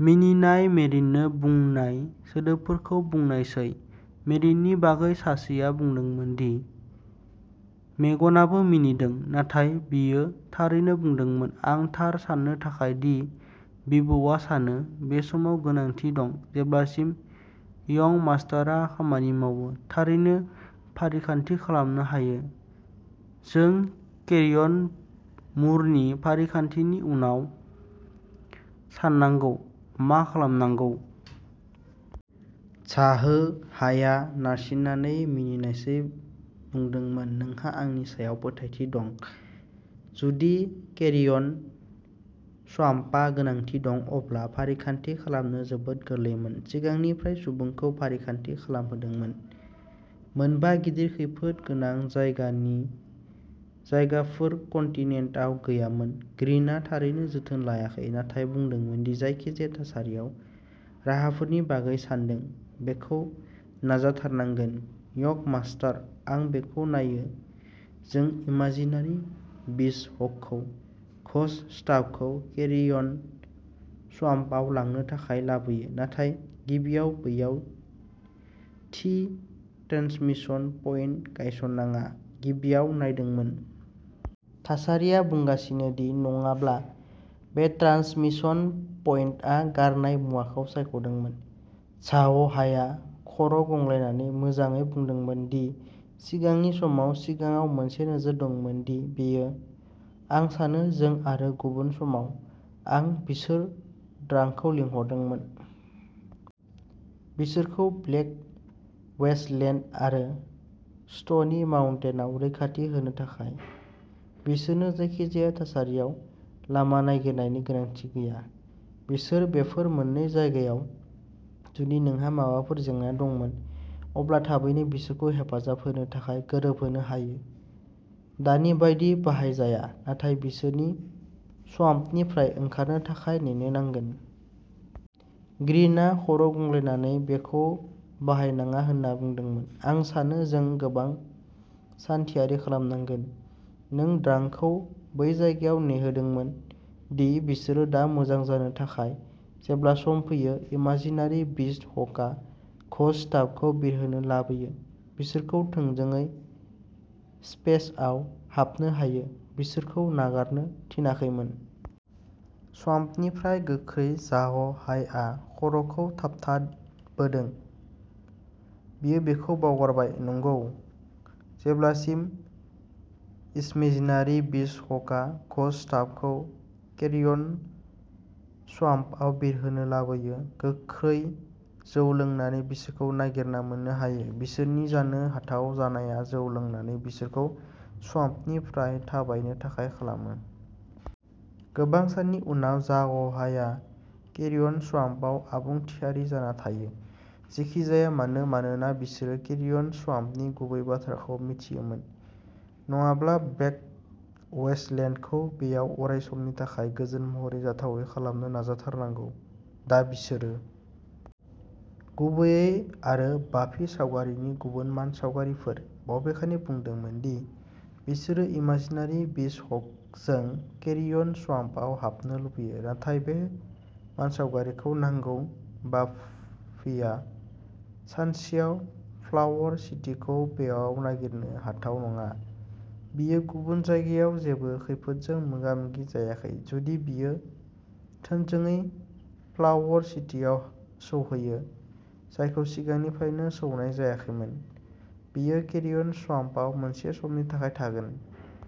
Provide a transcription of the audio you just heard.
मिनिनाय, मेरिननो बुंनाय सोदोबफोरखौ बुंनायसै, मेरिननि बागै सासेआ बुंदोंमोन दि मेगआबो मिनिदों, नाथाय बियो थारैनो बुंदोंमोन आं थार सान्नो थाखाय दि बिबौआ सानो, बे समाव गोनांथि दं, जेब्लासिम यंग मास्टारआ खामानि मावो, थारैनो फारिखान्थि खालामनो हायो, जों केरियन मुरनि फारिखान्थिनि उनाव साननांगौ, मा खालामनांगौ। झाओ हायआ नारसिननानै मिनिनायसै बुंदोंमोन नोंहा आंनि सायाव फोथायथि दं, जुदि केरियन स्वाम्पआ गोनांथि दं अब्ला फारिखान्थि खालामनो जोबोद गोरलैमोन, सिगांनिफ्रायनो सुबुंखौ फारिखान्थि खालामहोदोंमोन, मोनबा गिदिर खैफोद गोनां जायगानि जायगाफोर कन्टिनेन्टआव गैयामोन। ग्रिनआ थारैनो जोथोन लायाखै, नाथाय बुंदोंमोन दि जायखिजाया थासारियाव राहाफोरनि बागै सानदों, बेखौ नाजाथारनांगोन, यंग मास्टार, आं बेखौ नायो, जों इमाजिनारि बिस्ट हकखौ घोस्ट स्टाफखौ केरियन स्वाम्पआव लांनो थाखाय लाबोयो, नाथाय गिबियाव बैयाव थि ट्रेन्समिशन पइन्ट गायसन्नाङा, गिबियाव नायदोंमोन। थासारिया बुंगासिनो दि नङाब्ला बे ट्रान्समिसन पइन्टआ गारनाय मुवाखौ सायख'दोंमोन। झाअ'हायआ खर'गंग्लायनानै मोजाङै बुंदोंमोन, दि सिगांनि समाव सिगाङाव मोनसे नोजोर दंमोन दि बेयो, आं सानो जों आरो गुबुन समाव, आं बिसोर ड्रांकखौ लिंहरदोंमोन, बिसोरखौ ब्लेक वेस्टलेन्ड आरो स्ट'नि माउन्टेनआव रैखाथि होनो थाखाय, बिसोरनो जायखिजाया थासारियाव लामा नागिरनायनि गोनांथि गैया, बिसोर बेफोर मोननै जायगायाव, जुदि नोंहा माबाफोर जेंना दंमोन, अब्ला थाबैनो बिसोरखौ हेफाजाब होनो थाखाय गोरोबहोनो हायो, दानि बायदि बाहायजाया, नाथाय बिसोरनि स्वाम्पनिफ्राय ओंखारनो थाखाय नेनो नांगोन। ग्रीनआ खर'गंग्लायनानै बेखौ बाहायनाङा होनना बुंदोंमोन, आं सानो जों गोबां सान थियारि खालामनांगोन, नों ड्रांकखौ बै जायगायाव नेहोदोंमोन दि बिसोरो दा मोजां जानो थाखाय, जेब्ला सम फैयो इमाजिनारि बिस्ट हकआ घोस्ट स्टाफखौ बिरहोनो लाबोयो, बिसोरखौ थोंजोङै स्पेसआव हाबनो हायो, बिसोरखौ नागारनो थिनाखैमोन। स्वाम्पनिफ्राय गोख्रै झाअ'हायआ खर'खौ थाबथाबोदों, बियो बेखौ बावगारबाय, नंगौ, जेब्लासिम इमेजिनारि बिस्ट हकआ घोस्ट स्टाफखौ केरियन स्वाम्पआव बिरहोनो लाबोयो, गोख्रै जौ लोंनानै बिसोरखौ नागिरना मोन्नो हायो, बिसोरनि जानो हाथाव जानाया जौ लोंनानै बिसोरखौ स्वाम्पनिफ्राय थाबायनो थाखाय खालामो। गोबां साननि उनाव, झाअ'हायआ केरियन स्वाम्पआव आबुं थियारि जाना थायो, जेखि जाया मानो, मानोना बिसोरो केरियन स्वाम्पनि गुबै बाथ्राखौ मिथियोमोन, नङाब्ला ब्लेक वेस्टलेन्डखौ बेयाव अरायसमनि थाखाय गोजोन महरै जाथावै खालामनो नाजाथारनांगौ। दा बिसोरो गुबैयै आरो बाफि सावगारिनि गुबुन मानसावगारिफोर, बबेखानि बुंदोंमोन दि बिसोरो इमाजिनारि बिस्ट हकजों केरियन स्वाम्पआव हाबनो लुबैयो, नाथाय बे मानसावगारिखौ नांगौ, बाफिआ सानसेआव फ्लावर सिटीखौ बैयाव नागिरनो हाथाव नङा, बियो गुबुन जायगायाव जेबो खैफोदजों मोगा-मोगि जायाखै, जुदि बियो थोंजोङै फ्लावर सिटीआव सौहैयो, जायखौ सिगांनिफ्रायनो सौनाय जायाखैमोन, बेयो केरियन स्वाम्पआव मोनसे समनि थाखाय थागोन।